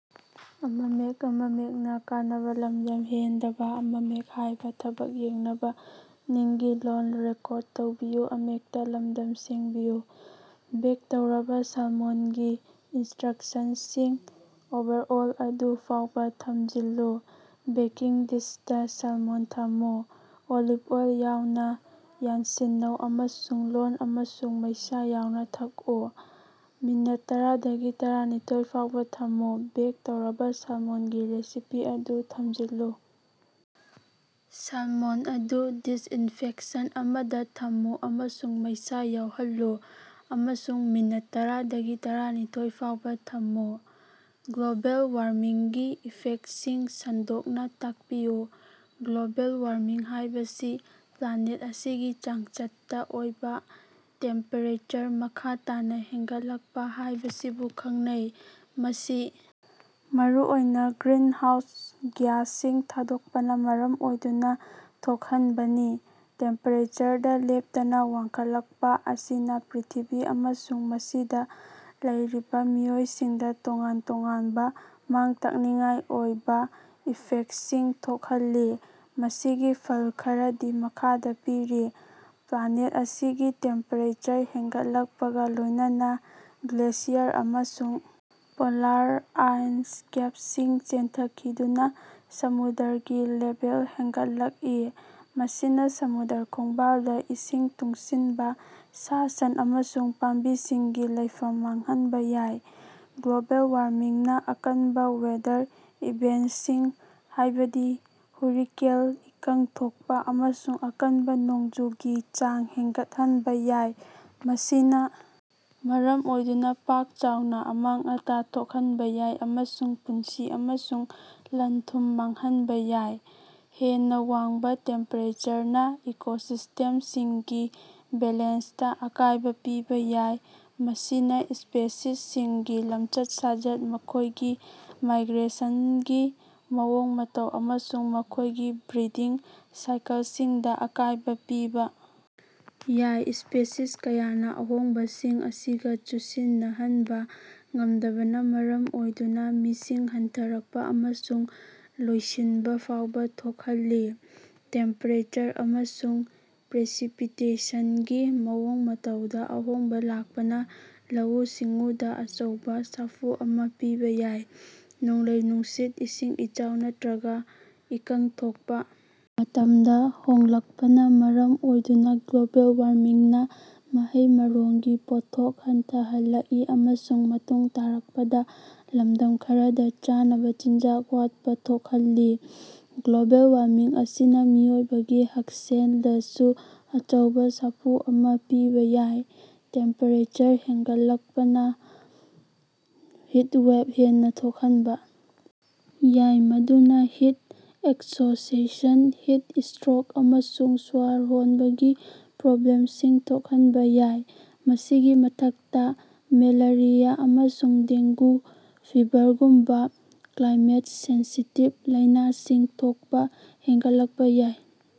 Bag ꯇꯧꯔꯕꯥ ꯁꯥꯜꯃꯣꯟꯒꯤ ꯏꯟꯁꯇ꯭ꯔꯛꯁꯟꯁꯤꯡ ꯑꯣꯚꯔꯑꯣꯜ ꯑꯗꯨ ꯐꯥꯎꯕꯥ ꯊꯝꯖꯤꯜꯂꯨ꯫ ꯕꯦꯀꯤꯡ ꯗꯤꯁꯇꯥ ꯁꯥꯜꯃꯣꯟ ꯊꯝꯃꯨ꯫ ꯑꯣꯂꯤꯞ ꯑꯣꯏꯜ ꯌꯥꯎꯅꯥ ꯌꯥꯟꯁꯤꯟꯅꯧ ꯑꯃꯁꯨꯡ ꯂꯣꯟ ꯑꯃꯁꯨꯡ ꯃꯩꯁꯥ ꯌꯥꯎꯅꯥ ꯊꯛꯎ꯫ ꯃꯤꯅꯠ ꯇꯔꯥꯗꯒꯤ ꯇꯔꯥꯅꯤꯊꯣꯏ ꯐꯥꯎꯕꯥ ꯊꯝꯃꯨ꯫ ꯕꯦꯛ ꯇꯧꯔꯕꯥ ꯁꯥꯜꯃꯣꯟꯒꯤ ꯔꯦꯁꯤꯄꯤ ꯑꯗꯨ ꯊꯝꯖꯤꯜꯂꯨ, ꯁꯥꯜꯃꯣꯟ ꯑꯗꯨ ꯗꯤꯁꯏꯟꯐꯦꯛꯁꯟ ꯑꯃꯗꯥ ꯊꯝꯃꯨ ꯑꯃꯁꯨꯡ ꯃꯩꯁꯥ ꯌꯥꯎꯍꯜꯂꯨ ꯑꯃꯁꯨꯡ ꯃꯤꯅꯠ ꯇꯔꯥꯗꯒꯤ ꯇꯔꯥꯅꯤꯊꯣꯏ ꯐꯥꯎꯕꯥ ꯊꯝꯃꯨ꯫ ꯒ꯭ꯂꯣꯕꯦꯜ ꯋꯥꯔꯃꯤꯡꯒꯤ ꯏꯐꯦꯛꯁꯤꯡ ꯁꯟꯗꯣꯛꯅꯥ ꯇꯥꯛꯄꯤꯌꯨ꯫ ꯒ꯭ꯂꯣꯕꯦꯜ ꯋꯥꯔꯃꯤꯡ ꯍꯥꯏꯕꯁꯤ ꯄ꯭ꯂꯥꯅꯦꯠ ꯑꯁꯤꯒꯤ ꯆꯥꯡꯆꯠꯇꯥ ꯑꯣꯏꯕꯥ ꯇꯦꯝꯄꯦꯔꯦꯆꯔ ꯃꯈꯥ ꯇꯥꯅꯥ ꯍꯦꯟꯒꯠꯂꯛꯄꯥ ꯍꯥꯏꯕꯁꯤꯕꯨ ꯈꯪꯅꯩ, ꯃꯁꯤ ꯃꯔꯨꯑꯣꯏꯅꯥ ꯒ꯭ꯔꯤꯟꯍꯥꯎꯁ ꯒ꯭ꯌꯥꯁꯁꯤꯡ ꯊꯥꯗꯣꯛꯄꯅꯥ ꯃꯔꯝ ꯑꯣꯏꯗꯨꯅꯥ ꯊꯣꯛꯍꯟꯕꯅꯤ꯫ ꯇꯦꯝꯄꯦꯔꯦꯆꯔꯗꯥ ꯂꯦꯞꯇꯅꯥ ꯋꯥꯡꯈꯠꯂꯛꯄꯥ ꯑꯁꯤꯅꯥ ꯄ꯭ꯔꯤꯊꯤꯕꯤ ꯑꯃꯁꯨꯡ ꯃꯁꯤꯗꯥ ꯂꯩꯔꯤꯕꯥ ꯃꯤꯑꯣꯏꯁꯤꯡꯗꯥ ꯇꯣꯉꯥꯟ-ꯇꯣꯉꯥꯟꯕꯥ ꯃꯥꯡ-ꯇꯥꯛꯅꯤꯡꯉꯥꯏ ꯑꯣꯏꯕꯥ ꯏꯐꯦꯛꯁꯤꯡ ꯊꯣꯛꯍꯜꯂꯤ꯫ ꯃꯁꯤꯒꯤ ꯐꯜ ꯈꯔꯗꯤ ꯃꯈꯥꯗꯥ ꯄꯤꯔꯤ꯫ ꯄ꯭ꯂꯥꯅꯦꯠ ꯑꯁꯤꯒꯤ ꯇꯦꯝꯄꯦꯔꯦꯆꯔ ꯍꯦꯟꯒꯠꯂꯛꯄꯒꯥ ꯂꯣꯏꯅꯅꯥ ꯒ꯭ꯂꯦꯁꯤꯌꯔ ꯑꯃꯁꯨꯡ ꯄꯣꯂꯥꯔ ꯑꯥꯏꯁ ꯀꯦꯞꯁꯤꯡ ꯆꯦꯟꯊꯈꯤꯗꯨꯅꯥ ꯁꯃꯨꯗ꯭ꯔꯒꯤ ꯂꯦꯚꯦꯜ ꯍꯦꯟꯒꯠꯂꯛꯏ꯫ ꯃꯁꯤꯅꯥ ꯁꯃꯨꯗ꯭ꯔ ꯈꯣꯡꯕꯥꯜꯗꯥ ꯏꯁꯤꯡ ꯇꯨꯡꯁꯤꯟꯕꯥ, ꯁꯥ-ꯁꯟ ꯑꯃꯁꯨꯡ ꯄꯥꯝꯕꯤꯁꯤꯡꯒꯤ ꯂꯩꯐꯝ ꯃꯥꯡꯍꯟꯕꯥ ꯌꯥꯏ꯫ ꯒ꯭ꯂꯣꯕꯦꯜ ꯋꯥꯔꯃꯤꯡꯅꯥ ꯑꯀꯟꯕꯥ ꯋꯦꯗꯔ ꯏꯚꯦꯟꯁꯤꯡ, ꯍꯥꯏꯕꯗꯤ ꯍꯨꯔꯤꯀꯦꯟ, ꯏꯀꯪ ꯊꯣꯛꯄꯥ ꯑꯃꯁꯨꯡ ꯑꯀꯟꯕꯥ ꯅꯣꯡꯖꯨꯒꯤ ꯆꯥꯡ ꯍꯦꯟꯒꯠꯍꯟꯕꯥ ꯌꯥꯏ꯫ ꯃꯁꯤꯅꯥ ꯃꯔꯝ ꯑꯣꯏꯗꯨꯅꯥ ꯄꯥꯛ ꯆꯥꯎꯅꯥ ꯑꯃꯥꯡ-ꯑꯇꯥ ꯊꯣꯛꯍꯟꯕꯥ ꯌꯥꯏ ꯑꯃꯁꯨꯡ ꯄꯨꯟꯁꯤ ꯑꯃꯁꯨꯡ ꯂꯟ-ꯊꯨꯝ ꯃꯥꯡꯍꯟꯕꯥ ꯌꯥꯏ꯫ ꯍꯦꯟꯅꯥ ꯋꯥꯡꯕꯥ ꯇꯦꯝꯄꯦꯔꯦꯆꯔꯅꯥ ꯏꯀꯣꯁꯤꯁꯇꯦꯝꯁꯤꯡꯒꯤ ꯕꯦꯂꯦꯟꯁꯇꯥ ꯑꯀꯥꯏꯕꯥ ꯄꯤꯕꯥ ꯌꯥꯏ, ꯃꯁꯤꯅꯥ ꯁ꯭ꯄꯦꯁꯤꯁꯁꯤꯡꯒꯤ ꯂꯝꯆꯠ-ꯁꯥꯖꯠ, ꯃꯈꯣꯏꯒꯤ ꯃꯥꯏꯒ꯭ꯔꯦꯁꯟꯒꯤ ꯃꯑꯣꯡ-ꯃꯇꯧ ꯑꯃꯁꯨꯡ ꯃꯈꯣꯏꯒꯤ ꯕ꯭ꯔꯤꯗꯤꯡ ꯁꯥꯏꯀꯜꯁꯤꯡꯗꯥ ꯑꯀꯥꯏꯕꯥ ꯄꯤꯕꯥ ꯌꯥꯏ꯫ ꯁ꯭ꯄꯦꯁꯤꯁ ꯀꯌꯥꯅꯥ ꯑꯍꯣꯡꯕꯁꯤꯡ ꯑꯁꯤꯒꯥ ꯆꯨꯁꯤꯟꯅꯍꯟꯕꯥ ꯉꯝꯗꯕꯅꯥ ꯃꯔꯝ ꯑꯣꯏꯗꯨꯅꯥ ꯃꯤꯁꯤꯡ ꯍꯟꯊꯔꯛꯄꯥ ꯑꯃꯁꯨꯡ ꯂꯣꯏꯁꯤꯟꯕꯥ ꯐꯥꯎꯕꯥ ꯊꯣꯛꯍꯜꯂꯤ꯫ꯇꯦꯝꯄꯦꯔꯦꯆꯔ ꯑꯃꯁꯨꯡ ꯄ꯭ꯔꯦꯁꯤꯄꯤꯇꯦꯁꯟꯒꯤ ꯃꯑꯣꯡ ꯃꯇꯧꯗꯥ ꯑꯍꯣꯡꯕꯥ ꯂꯥꯛꯄꯅꯥ ꯂꯧꯎ-ꯁꯤꯡꯎꯗꯥ ꯑꯆꯧꯕꯥ ꯁꯥꯐꯨ ꯑꯃꯥ ꯄꯤꯕꯥ ꯌꯥꯏ꯫ ꯅꯣꯡꯂꯩ-ꯅꯨꯡꯁꯤꯠ, ꯏꯁꯤꯡ ꯏꯆꯥꯎ ꯅꯠꯇ꯭ꯔꯒꯥ ꯏꯀꯪ ꯊꯣꯛꯄꯥ ꯃꯇꯝꯗꯥ ꯍꯣꯡꯂꯛꯄꯅꯥ ꯃꯔꯝ ꯑꯣꯏꯗꯨꯅꯥ ꯒ꯭ꯂꯣꯕꯦꯜ ꯋꯥꯔꯃꯤꯡꯅꯥ ꯃꯍꯩ-ꯃꯔꯣꯡꯒꯤ ꯄꯣꯠꯊꯣꯛ ꯍꯟꯊꯍꯟꯂꯛꯏ ꯑꯃꯁꯨꯡ ꯃꯇꯨꯡ ꯇꯥꯔꯛꯄꯗꯥ ꯂꯝꯗꯝ ꯈꯔꯗꯥ ꯆꯥꯅꯕꯥ ꯆꯤꯟꯖꯥꯛ ꯋꯥꯠꯄꯥ ꯊꯣꯛꯍꯜꯂꯤ꯫ ꯒ꯭ꯂꯣꯕꯦꯜ ꯋꯥꯔꯃꯤꯡ ꯑꯁꯤꯅꯥ ꯃꯤꯑꯣꯏꯕꯒꯤ ꯍꯛꯁꯦꯜꯗꯁꯨ ꯑꯆꯧꯕꯥ ꯁꯥꯐꯨ ꯑꯃꯥ ꯄꯤꯕꯥ ꯌꯥꯏ꯫ ꯇꯦꯝꯄꯦꯔꯦꯆꯔ ꯍꯦꯟꯒꯠꯂꯛꯄꯅꯥ ꯍꯤꯠꯋꯦꯞ ꯍꯦꯟꯅꯥ ꯊꯣꯛꯍꯟꯕꯥ ꯌꯥꯏ, ꯃꯗꯨꯅꯥ ꯍꯤꯠ ꯑꯦꯛꯁꯣꯁꯦꯁꯟ, ꯍꯤꯠ ꯁ꯭ꯇꯔꯣꯛ ꯑꯃꯁꯨꯡ ꯁ꯭ꯋꯔ ꯍꯣꯟꯕꯒꯤ ꯄ꯭ꯔꯣꯕ꯭ꯂꯦꯝꯁꯤꯡ ꯊꯣꯛꯍꯟꯕꯥ ꯌꯥꯏ꯫ ꯃꯁꯤꯒꯤ ꯃꯊꯛꯇꯥ, ꯃꯦꯂꯦꯔꯤꯌꯥ ꯑꯃꯁꯨꯡ ꯗꯦꯡꯒꯨ ꯐꯤꯕꯔꯒꯨꯝꯕꯥ ꯀ꯭ꯂꯥꯏꯃꯦꯠ-ꯁꯦꯟꯁꯤꯇꯤꯞ ꯂꯥꯏꯅꯥꯁꯤꯡ ꯊꯣꯛꯄꯥ ꯍꯦꯟꯒꯠꯂꯛꯄꯥ ꯌꯥꯏ꯫